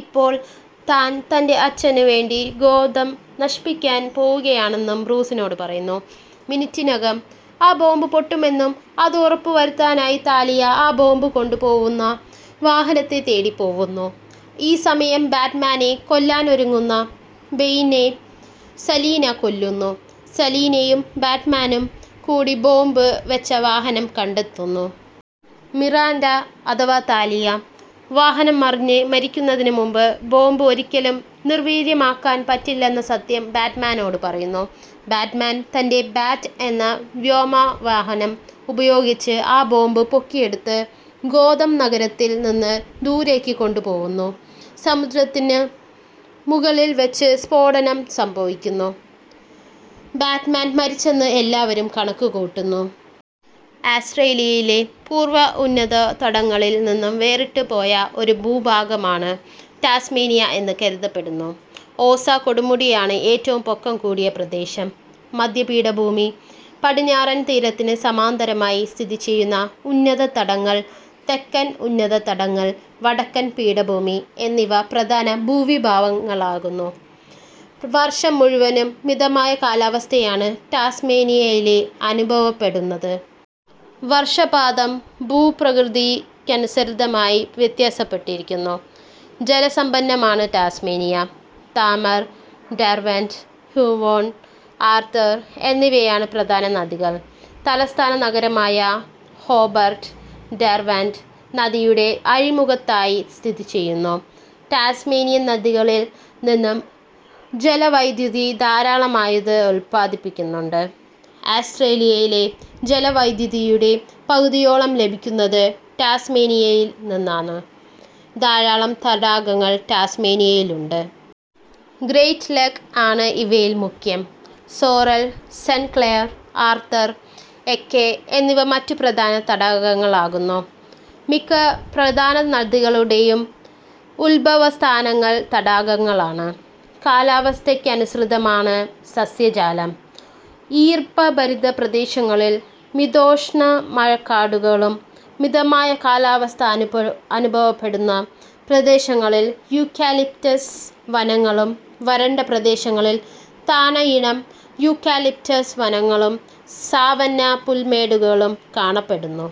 ഇപ്പോൾ താൻ, തൻ്റെ അച്ഛന് വേണ്ടി ഗോഥം നശിപ്പിക്കാൻ പോവുകയാണെന്നും ബ്രൂസിനോട് പറയുന്നു. മിനിറ്റിനകം ആ ബോംബ് പൊട്ടുമെന്നും അതു ഉറപ്പു വരുത്താനായി താലിയ ആ ബോംബ് കൊണ്ട് പോവുന്ന വാഹനത്തെ തേടി പോവുന്നു. ഈ സമയം ബാറ്റ്മാനെ കൊല്ലാനൊരുങ്ങുന്ന ബെയ്നെ സലീന കൊല്ലുന്നു. സലീനയും ബാറ്റ്മാനും കൂടി ബോംബ് വെച്ച വാഹനം കണ്ടെത്തുന്നു. മിറാണ്ട/താലിയ വാഹനം മറിഞ്ഞ് മരിക്കുന്നതിനു മുമ്പ് ബോംബ് ഒരിക്കലും നിർവീര്യമാക്കാൻ പറ്റില്ലെന്ന സത്യം ബാറ്റ്മാനോട് പറയുന്നു. ബാറ്റ്മാൻ, തൻ്റെ 'ബാറ്റ്' എന്ന വ്യോമവാഹനം ഉപയോഗിച്ച് ആ ബോംബ് പൊക്കിയെടുത്തു ഗോഥം നഗരത്തിൽ നിന്ന് ദൂരെക്ക് കൊണ്ട് പോവുന്നു. സമുദ്രത്തിന്നു മുകളിൽ വെച്ച് സ്ഫോടനം സംഭവിക്കുന്നു. ബാറ്റ്മാൻ മരിച്ചെന്നു എല്ലാവരും കണക്കുകൂട്ടുന്നു. ആസ്റ്റ്രേലിയയിലെ പൂർവ ഉന്നത തടങ്ങളിൽ നിന്നും വേറിട്ടുപോയ ഒരു ഭൂഭാഗമാണ് ടാസ്മേനിയ എന്നു കരുതപ്പെടുന്നു. ഓസ കൊടുമുടിയാണ് ഏറ്റവും പൊക്കം കൂടിയ പ്രദേശം. മധ്യപീഠഭൂമി, പടിഞ്ഞാറൻ തീരത്തിനു സമാന്തരമായി സ്ഥിതി ചെയ്യുന്ന ഉന്നതതടങ്ങൾ, തെക്കൻ ഉന്നത തടങ്ങൾ, വടക്കൻ പീഠഭൂമി എന്നിവ പ്രധാന ഭൂവിഭാഗങ്ങളാകുന്നു. വർഷം മുഴുവനും മിതമായ കാലാവസ്ഥയാണ് ടാസ്മേനിയയിലനുഭവപ്പെടുന്നത്. വർഷപാതം ഭൂപ്രകൃതിക്കനുസൃതമായി വ്യത്യാസപ്പെട്ടിരിക്കുന്നു. ജലസമ്പന്നമാണ് Tasmania. Tamar, Derwent, Huon, Arthur എന്നിവയാണ് പ്രധാന നദികൾ. തലസ്ഥാന നഗരമായ ഹോബർട്ട്, ഡെർവന്റ് നദിയുടെ അഴിമുഖത്തായി സ്ഥിതി ചെയ്യുന്നു. ടാസ്മേനിയൻ നദികളിൽ നിന്നും ജലവൈദ്യുതി ധാരാളമായുത്പാദിപ്പിക്കുന്നുണ്ട്. ആസ്റ്റ്രേലിയയിലെ ജലവൈദ്യുതിയുടെ പകുതിയോളം ലഭിക്കുന്നത് ടാസ്മേനിയയിൽ നിന്നാണ്. ധാരാളം തടാകങ്ങൾ ടാസ്മേനിയയിലുണ്ട്. ഗ്രേറ്റ്ലേക് ആണ് ഇവയിൽ മുഖ്യം. സോറൽ, സെന്റ് ക്ലയർ, ആർതർ, എക്കെ എന്നിവ മറ്റു പ്രധാന തടാകങ്ങളാകുന്നു. മിക്ക പ്രധാന നദികളുടെയും ഉദ്ഭവസ്ഥാനങ്ങൾ തടാകങ്ങളാണ്. കാലാവസ്ഥയ്ക്കനുസൃതമാണ് സസ്യജാലം. ഈർപ്പഭരിതപ്രദേശങ്ങളിൽ മിതോഷ്ണമഴക്കാടുകളും, മിതമായ കാലാവസ്ഥ അനുഭവപ്പെടുന്ന പ്രദേശങ്ങളിൽ യൂക്കാലിപ്റ്റസ് വനങ്ങളും, വരണ്ട പ്രദേശങ്ങളിൽ താണയിനം യൂക്കാലിപ്റ്റസ് വനങ്ങളും, സാവന്നാ പുൽമേടുകളും കാണപ്പെടുന്നു.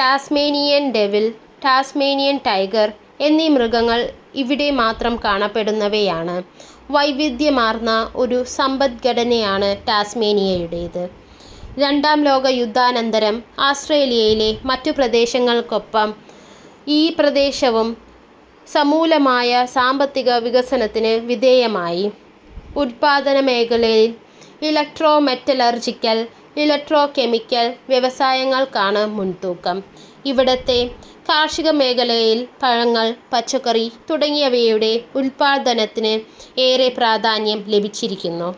ടാസ്മേനിയൻ ഡെവിൾ, ടാസ്മേനിയൻ ടൈഗർ എന്നീ മൃഗങ്ങൾ ഇവിടെ മാത്രം കാണപ്പെടുന്നവയാണ്. വൈവിധ്യമാർന്ന ഒരു സമ്പദ്ഘടനയാണ് ടാസ്മേനിയയുടേത്. രണ്ടാം ലോകയുദ്ധാനന്തരം ആസ്റ്റ്രേലിയയിലെ മറ്റു പ്രദേശങ്ങൾക്കൊപ്പം ഈ പ്രദേശവും സമൂലമായ സാമ്പത്തിക വികസനത്തിനു വിധേയമായി. ഉത്പാദനമേഖലയിൽ ഇലക്ട്രോ-മെറ്റലർജിക്കൽ, ഇലക്ട്രോ-കെമിക്കൽ വ്യവസായങ്ങൾക്കാണ് മുൻതൂക്കം. ഇവിടത്തെ കാർഷികമേഖലയിൽ പഴങ്ങൾ, പച്ചക്കറി തുടങ്ങിയവയുടെ ഉത്പാദനത്തിന് ഏറെ പ്രാധാന്യം ലഭിച്ചിരിക്കുന്നു.